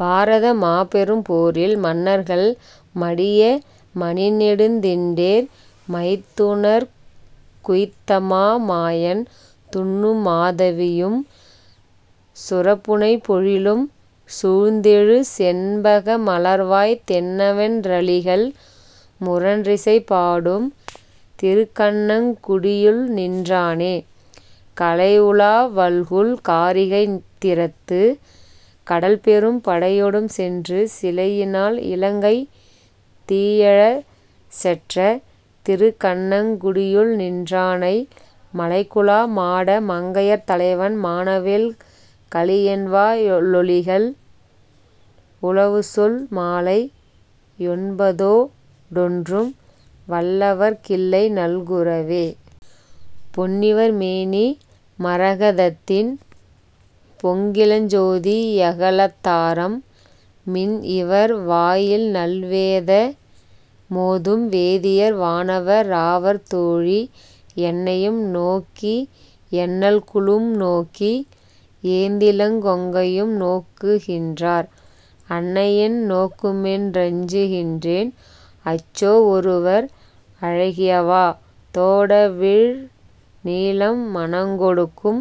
பாரத மாபெரும் போரில் மன்னர்கள் மடிய மணிநெடுந் திண்டேர் மைத்துனர்க் குய்த்தமா மாயன் துன்னுமா தவியும் சுரபுனைப் பொழிலும் சூழ்ந்தெழு செண்பக மலர்வாய் தென்னவென் றளிகள் முரன்றிசை பாடும் திருக்கண்ணங் குடியுள்நின் றானே.. கலையுலாவல்குல் காரிகை திறத்துக் கடல்பெரும் படையொடும் சென்று சிலையினால் இலங்கை தீயெழச் செற்ற திருக்கண்ணங் குடியுள்நின் றானை மலைகுலா மாட மங்கையர் தலைவன் மானவேல் கலியன்வா யொலிகள் உலவுசொல் மாலை யொன்பதோ டொன்றும் வல்லவர்க் கில்லைநல் குரவே. பொன்னிவர் மேனி மரக தத்தின் பொங்கிளஞ் சோதி யகலத்தாரம் மின் இவர் வாயில்நல் வேத மோதும் வேதியர் வானவ ராவர்தோழீ, என்னையும் நோக்கியென் னல்குலும் நோக்கி ஏந்திளங் கொங்கையும் நோக்குகின்றார் அன்னையென் னோக்குமென் றஞ்சு கின்றேன் அச்சோ ஒருவர் அழகியவா.. தோடவிழ் நீலம் மணங்கொ டுக்கும்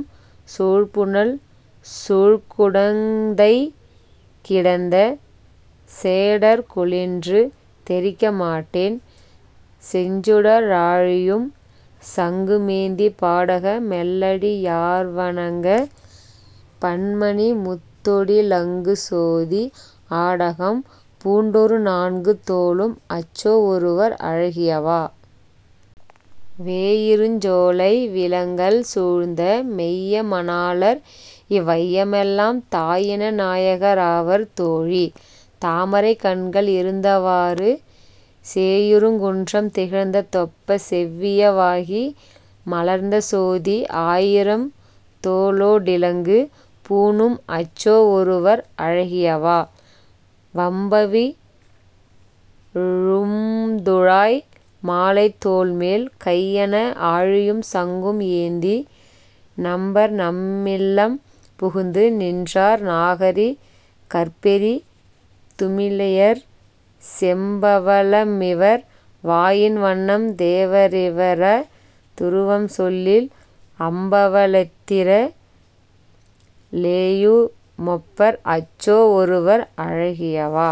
சூழ்புனல் சூழ்குடந் தைக்கிடந்த சேடர்கொ லென்று தெரிக்க மாட்டேன் செஞ்சுட ராழியும் சங்குமேந்தி பாடக மெல்லடி யார்வ ணங்கப் பன்மணி முத்தொடி லங்குசோதி ஆடகம் பூண்டொரு நான்கு தோளும் அச்சோ ஒருவர் அழகியவா.. வேயிருஞ் சோலை விலங்கல் சூழ்ந்த மெய்ய மணாளர் இவ் வையமெல்லாம் தாயின நாயக ராவர் தோழீ. தாமரைக் கண்கள் இருந்தவாறு, சேயிருங் குன்றம் திகழ்ந்த தொப்பச் செவ்விய வாகி மலர்ந்தசோதி ஆயிரம் தோளொ டிலங்கு பூணும் அச்சோ ஒருவர் அழகியவா.. வம்பவி ழும்துழாய் மாலை தோள்மேல் கையன ஆழியும் சங்கும் ஏந்தி, நம்பர்நம் மில்லம் புகுந்து நின்றார் நாகரி கர்பெரி துமிளையர் செம்பவ ளமிவர் வாயின் வண்ணம் தேவ ரிவர துருவம்சொல்லில் அம்பவ ளத்திர ளேயு மொப்பர் அச்சோ ஒருவர் அழகியவா..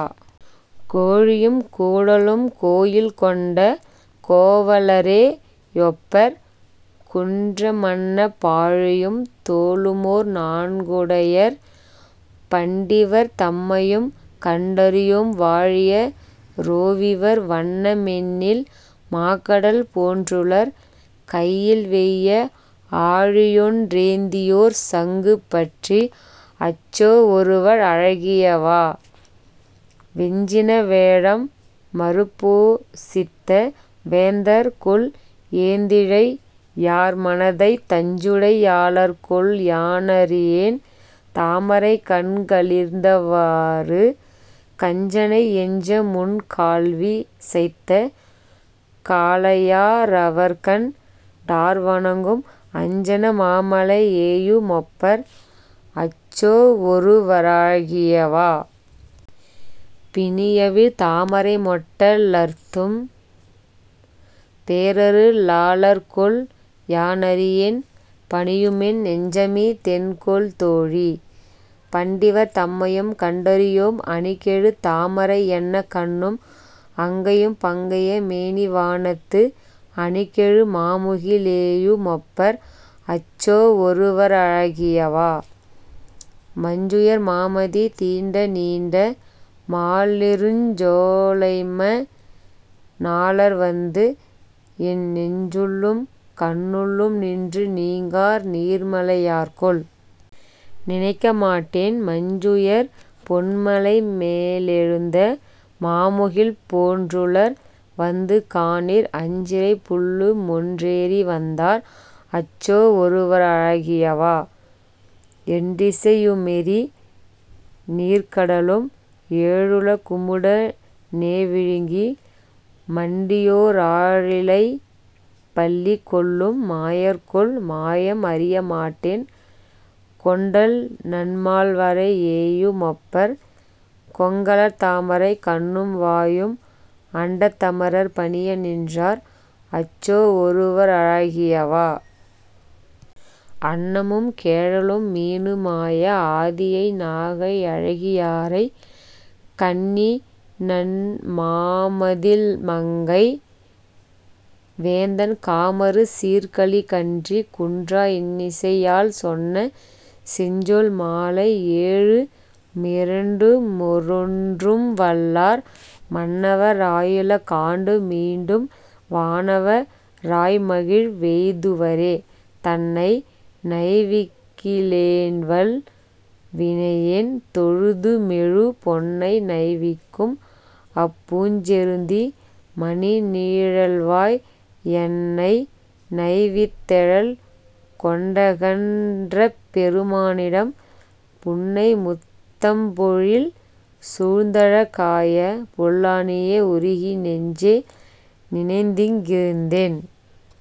கோழியும் கூடலும் கோயில் கொண்ட கோவல ரேயொப்பர் குன்றமன்ன பாழியும் தோளுமோர் நான்கு டையர் பண்டிவர் தம்மையும் கண்டறியோம் வாழிய ரோவிவர் வண்ண மெண்ணில் மாகடல் போன்றுளர் கையில்வெய்ய, ஆழியொன் றேந்தியோர் சங்கு பற்றி அச்சோவொருவரழகியவா.. வெஞ்சின வேழம் மருப்பொ சித்த வேந்தர்கொல் ஏந்திழை யார்மனத்தை தஞ்சுடை யாளர்கொல் யான றியேன் தாமரைக் கண்க ளிருந்தவாறு கஞ்சனை யஞ்சமுன் கால்வி சைத்த காளையா ரவர்கண் டார்வணங்கும் அஞ்சன மாமலை யேயு மொப்பர் அச்சோவொருவராகியவா.. பிணியவிழ் தாமரை மொட்ட லர்த்தும் பேரரு ளாளர்கொல்? யானறியேன், பணியுமென் நெஞ்சமி தென்கொல் தோழீ. பண்டிவர் தம்மையும் கண்டறியோம் அணிகெழு தாமரை யன்ன கண்ணும் அங்கையும் பங்கய மேனிவானத்து, அணிகெழு மாமுகி லேயு மொப்பர் அச்சோவொருவரழகியவா.. மஞ்சுயர் மாமதி தீண்ட நீண்ட மாலிருஞ் சோலைம ணாளர்வந்து என் நெஞ்சுள்ளும் கண்ணுள்ளும் நின்று நீங்கார் நீர்மலை யார்கொல்? நினைக்கமாட்டேன்? மஞ்சுயர் பொன்மலை மேலெ ழுந்த மாமுகில் போன்றுளர் வந்துகாணீர் அஞ்சிறைப் புள்ளுமொன் றேறி வந்தார் அச்சோவொருவரழகியவா.. எண்டிசை யுமெறி நீர்க்க டலும் ஏழுல குமுட னேவிழுங்கி மண்டியோ ராலிலைப் பள்ளி கொள்ளும் மாயர்கொல்? மாயம் அறியமாட்டேன் கொண்டல்நன் மால்வரை யேயு மொப்பர் கொங்கலர் தாமரைக் கண்ணும்வாயும் அண்டத் தமரர் பணிய நின்றார் அச்சோவொருவரழகியவா.. அன்னமும் கேழலும் மீனு மாய ஆதியை நாகை யழகியாரை கன்னிநன் மாமதிள் மங்கை வேந்தன் காமரு சீர்க்கலி கன்றி குன்றா இன்னிசை யால்சொன்ன செஞ்சொல் மாலை ஏழு மிரண்டுமொ ரொன்றும்வல்லார், மன்னவ ராயுல காண்டு மீண்டும் வானவ ராய்மகிழ் வெய்துவரே. தன்னை நைவிக் கிலேன்வல் வினையேன் தொழுதுமெழு பொன்னை நைவிக்கும் அப்பூஞ் செருந்தி மணிநீழல்வாய் என்னைநை வித்தெழல் கொண்டகன் றபெரு மானிடம், புன்னைமுத் தம்பொழில் சூழ்ந்தழ காய புல்லாணியே.. உருகி நெஞ்சே நினைந்திங் கிருந்தென்